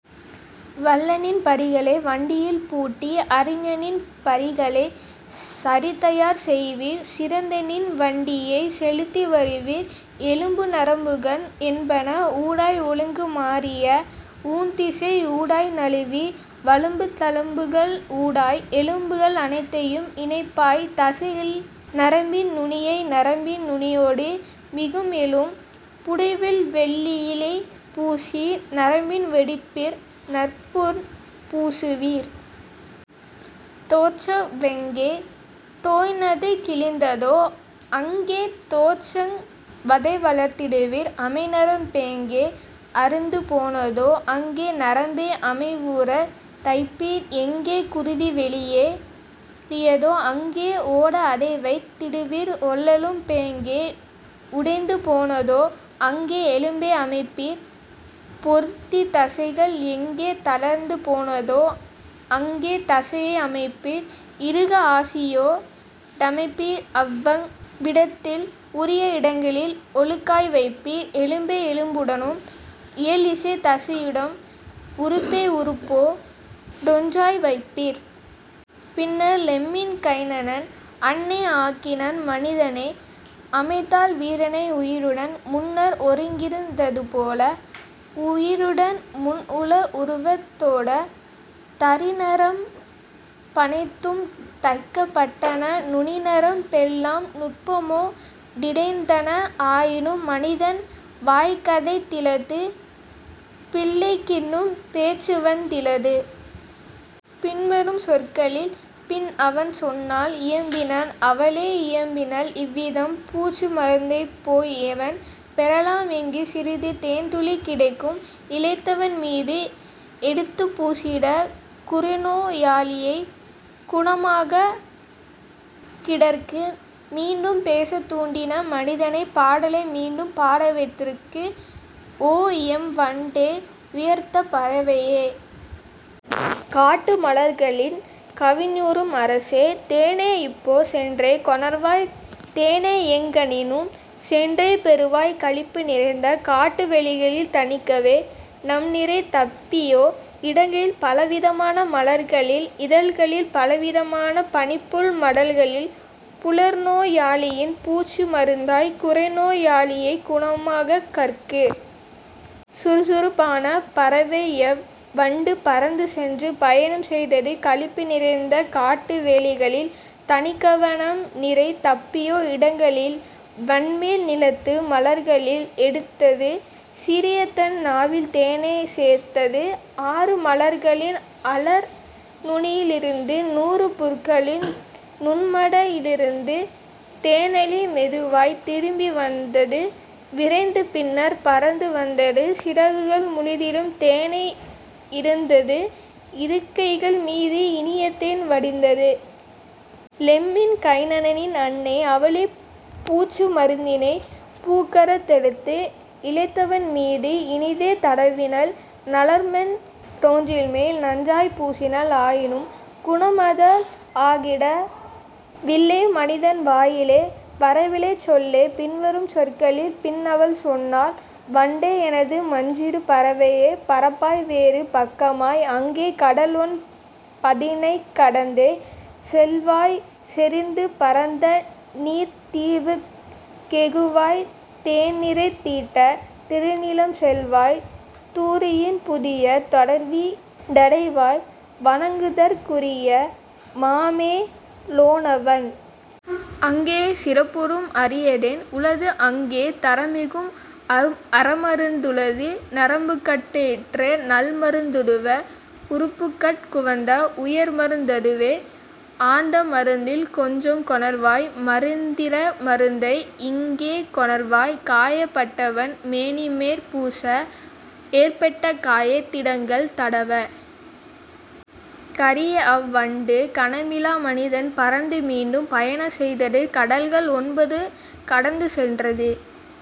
வல்லநின் பரிகளை வண்டியில் பூட்டி அரியநின் பரிகளை சரித்தயார் செய்வீர் சிறந்தநின் வண்டியைச் செலுத்தி வருவீர் எலும்பு நரம்புகள் என்பன ஊடாய் ஒழுங்கு மாறிய ஊன்திசை ஊடாய் நழுவி வழுக்கும் நரம்புகள் ஊடாய்; எலும்புகள் அனைத்தையும் இணைப்பாய் தசைகளில் நரம்பின் நுனியை நரம்பின் நுனியொடு மிகும்எலும் புடைவில் வெள்ளியைப் பூசி நரம்பின் வெடிப்பில் நற்பொன் பூசுவீர். தோற்சவ் வெங்கே தொய்நது கிழிந்ததோ அங்கே தோற்சவ் வதைவளர்த் திடுவீர் அமைநரம் பெங்கே அறுந்து போனதோ அங்கே நரம்பை அமைவுறத் தைப்பீர் எங்கே குருதி வெளியே றியதோ அங்கே ஓட அதைவைத் திடுவீர் ஒள்ளெலும் பெங்கே உடைந்து போனதோ அங்கே எலும்பை அமைப்பீர் பொருத்தி தசைகள் எங்கே தளர்ந்து போனதோ அங்கே தசையை அமைப்பீர் இறுக ஆசியோ டமைப்பீர் அவ்வவ் விடங்களில் உரிய இடங்களில் ஒழுங்காய் வைப்பீர் எலும்பை எலும்புடன் இயல்தசை தசையுடன் உறுப்பை உறுப்போ டொன்றாய் வைப்பீர். " பின்னர் லெம்மின் கைனனின் அன்னை ஆக்கினள் மனிதனை அமைத்தாள் வீரனை உயிருடன் முன்னர் ஒருங்கிருந் ததுபோல உயிருடன் முன்உள உருவத் தோடே. தரிநரம் பனைத்தும் தைக்கப் பட்டன நுனிநரம் பெல்லாம் நுட்பமோ டிணைந்தன ஆயினும் மனிதன் வாய்கதைத் திலது பிள்ளைக் கின்னும் பேச்சுவந் திலது. பின்வரும் சொற்களில் பின்அவள் சொன்னாள் இயம்பினள் அவளே இயம்பினள் இவ்விதம்: "பூச்சு மருந்தைப் போய்எவண் பெறலாம் எங்கே சிறிது தேன்துளி கிடைக்கும் இளைத்தவன் மீது எடுத்துப் பூசிட குறைநோ யாளியைக் குணமாக் கிடற்கு மீண்டும் பேசத் தூண்டிட மனிதனை பாடலை மீண்டும் பாடவைத் தற்கு? ஓ, எம் வண்டே, உயர்ந்த பறவையே! காட்டு மலர்களின் கவினுறும் அரசே! தேனை இப்போ சென்றே கொணர்வாய் தேனைஎங் கேனும் சென்றே பெறுவாய் களிப்பு நிறைந்த காட்டு வெளிகளில் தனிக்கவ னம்நிறை தப்பியோ இடங்களில் பலவிதமான மலர்களின் இதழ்களில் பலவித மான பனிப்புல் மடல்களில் புலர்நோ யாளியின் பூச்சு மருந்தாய் குறைநோ யாளியைக் குணமாக் கற்கு. " சுறுசுறுப் பான பறவையவ் வண்டு பறந்து சென்று பயணம் செய்தது களிப்பு நிறைந்த காட்டு வெளிகளில் தனிக்கவ னம்நிறை தப்பியோ இடங்களில் வன்மேல் நிலத்து மலர்களில் எடுத்தது சிறியதன் நாவில் தேனைச் சேர்த்தது ஆறு மலர்களின் அலர்நுனி யிருந்து நூறு புற்களின் நுண்மட லிருந்து; தேனளி மெதுவாய்த் திரும்பி வந்தது விரைந்து பின்னர் பறந்து வந்தது சிறகுகள் முழுதிலும் தேனே இருந்தது இறக்கைகள் மீது இனியதேன் வடிந்தது. லெம்மின் கைனனின் அன்னை அவளே பூச்சு மருந்தினைப் பூக்கரத் தெடுத்து இளைத்தவன் மீது இனிதே தடவினள் நலமற் றோன்மேல் நன்றாய்ப் பூசினள்; ஆயினும் குணமதால் ஆகிட வில்லை மனிதன் வாயிலே வரவிலைச் சொல்லே. பின்வரும் சொற்களில் பின்அவள் சொன்னாள்! "வண்டே, எனது மன்சிறு பறவையே! பறப்பாய் வேறு பக்கமாய் அங்கே கடல்ஒன் பதினைக் கடந்தே செல்வாய் செறிந்து பரந்தநீர்த் தீவுக் கேகுவாய் தேன்நிறைந் திட்ட திருநிலம் செல்வாய் தூரியின் புதிய தொடர்வீ டடைவாய் வணங்குதற் குரிய மாமே லோனவன். அங்கே சிறப்புறும் அரியதேன் உளது அங்கே தரமிகும் அருமருந் துளது நரம்புகட் கேற்ற நல்மருந் ததுவே உறுப்புகட் குவந்த உயர்மருந் ததுவே; அந்த மருந்தில் கொஞ்சம் கொணர்வாய் மந்திர மருந்தை இங்கே கொணர்வாய் காயப் பட்டவன் மேனிமேற் பூச ஏற்பட்ட காயத் திடங்களில் தடவ. " கரியஅவ் வண்டு கனமிலா மனிதன் பறந்தது மீண்டும் பயணம் செய்தது கடல்கள் ஒன்பது கடந்து சென்றது